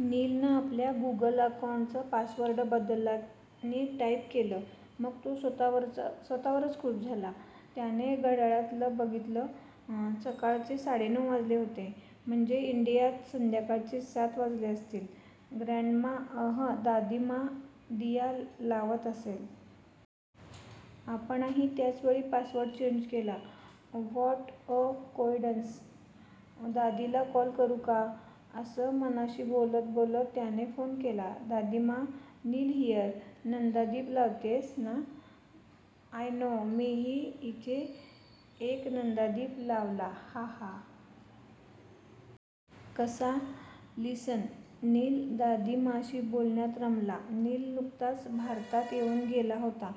नीलनं आपल्या गूगल अकाउन्टचा पासवर्ड बदलला नि टाइप केलं. मग तो स्वतःवरच खूश झाला. त्याने घड्याळात बघितलं, सकाळचे साडेनऊ वाजले होते. 'म्हणजे इंडियात संध्याकाळचे सात वाजले असतील. ग्रँडमा... अहं... दादीमा दिया लावत असेल. आपणही त्याचवेळी पासवर्ड चेंज केला. What a coincidence! दादीमाला कॉल करू या.' असं मनाशी बोलत बोलत त्यानं फोन केला. "दादीमाऽऽ... नील हियर. नंदादीप लावतेयस ना? I know. मीही इथे एक नंदादीप लावला. हा हा... कसा? लिसन..." नील दादीमाशी बोलण्यात रमला. नील नुकताच भारतात येऊन गेला होता.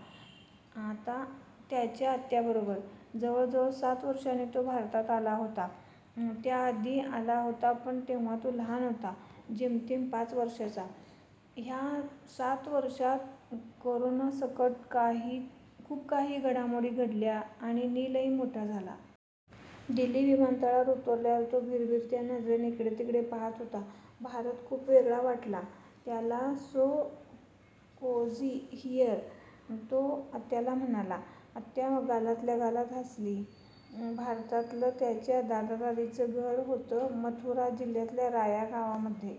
त्याच्या आत्याबरोबर. जवळजवळ सात वर्षांनी तो भारतात आला होता. त्याआधी आला होता, पण तेव्हा तो लहान होता. जेमतेम पाच वर्षांचा. ह्या सात वर्षांत करोनासकट खूप काही घडामोडी घडल्या आणि नीलही मोठा झाला. दिल्ली विमानतळावर उतरल्यावर तो भिरभिरत्या नजरेनं इकडेतिकडे पाहात होता. भारत खूप वेगळा वाटला त्याला. "So cozy here." तो आत्याला म्हणाला. आत्या गालातल्या गालात हसली. भारतातलं त्याच्या दादा-दादीचं घर होतं मथुरा जिल्ह्यातल्या राया गावामध्ये.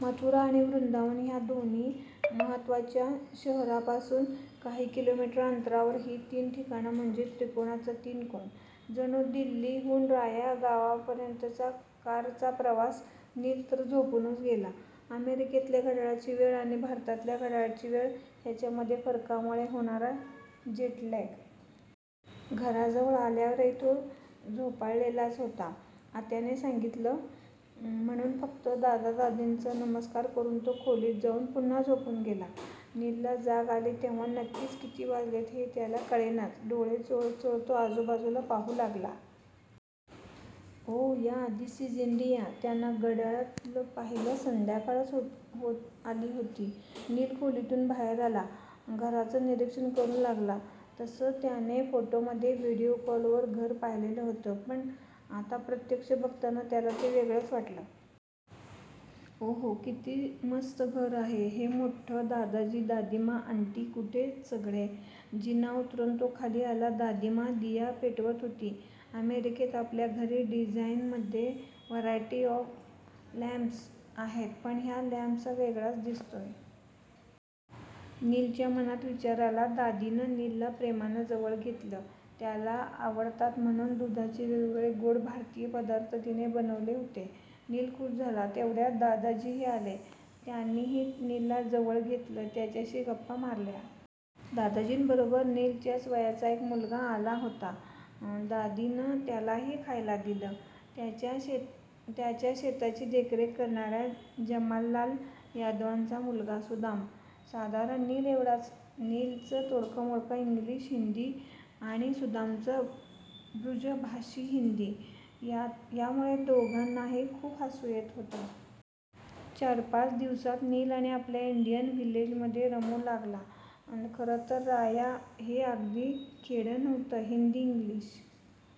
मथुरा आणि वृंदावन ह्या दोन्ही महत्त्वाच्या शहरांपासून काही किलोमीटर अंतरावर. ही तीन ठिकाणं म्हणजे त्रिकोणाचे तीन कोन जणू. दिल्लीहून राया गावापर्यंतचा कारचा प्रवास. नील तर झोपूनच गेला. अमेरिकेतल्या घड्याळाची वेळ आणि भारतातल्या घड्याळाची वेळ, ह्यांच्यातल्या फरकामुळे होणारा जेटलॅग. घराजवळ आल्यावरही तो झोपाळलेलाच होता. आत्याने सांगितलं, म्हणून फक्त दादा-दादींना नमस्कार करून तो खोलीत जाऊन पुन्हा झोपून गेला. नीलला जाग आली तेव्हा नक्की किती वाजलेत, हे त्याला कळेचना. डोळे चोळत तो आजूबाजूला पाहू लागला. 'Oh yeah... this is India.' त्यानं घड्याळात पाहिलं. संध्याकाळ होत आली होती. नील खोलीतून बाहेर आला. घराचं निरीक्षण करू लागला. तसं त्यानं फोटोमध्ये, व्हिडिओ कॉलमध्ये घर पाहिलं होतं. पण आता प्रत्यक्ष बघताना त्याला ते वेगळंच वाटलं. 'ओहो... किती मस्त घर आहे हे. मोठ्ठं. दादाजी, दादीमा, आन्टी? कुठेत सगळे?' जिना उतरून तो खाली आला. दादीमा दिया पेटवत होती. 'अमेरिकेत आपल्या घरी डिझाइन असलेले व्हरायटी ऑफ लॅम्प्स आहेत, पण हा लॅम्प वेगळाच दिसतोय.' नीलच्या मनात विचार आला. दादीनं नीलला प्रेमानं जवळ घेतलं. त्याला आवडतात म्हणून दुधाचे वेगवेगळे गोड भारतीय पदार्थ तिनं बनवले होते. नील खूश झाला. तेवढ्यात दादाजीही आले. त्यांनीही नीलला जवळ घेतलं. त्याच्याशी गप्पा मारल्या. दादाजींबरोबर नीलच्याच वयाचा एक मुलगा आला होता. दादीनं त्यालाही खायला दिलं. त्यांच्या शेताची देखरेख करणाऱ्या जमनालाल यादवांचा मुलगा सुदाम. साधारण नीलएवढाच. नीलचं तोडकंमोडकं इंग्लिश-हिन्दी आणि सुदामचं बृजभाषी हिन्दी, त्यामुळे दोघांनाही खूप हसू येत होतं. चार-पाच दिवसांत नील आपल्या इंडियन व्हिलेजमध्ये रमू लागला. खरंतर राया हे अगदी खेडं नव्हतं. हिन्दी-इंग्लिश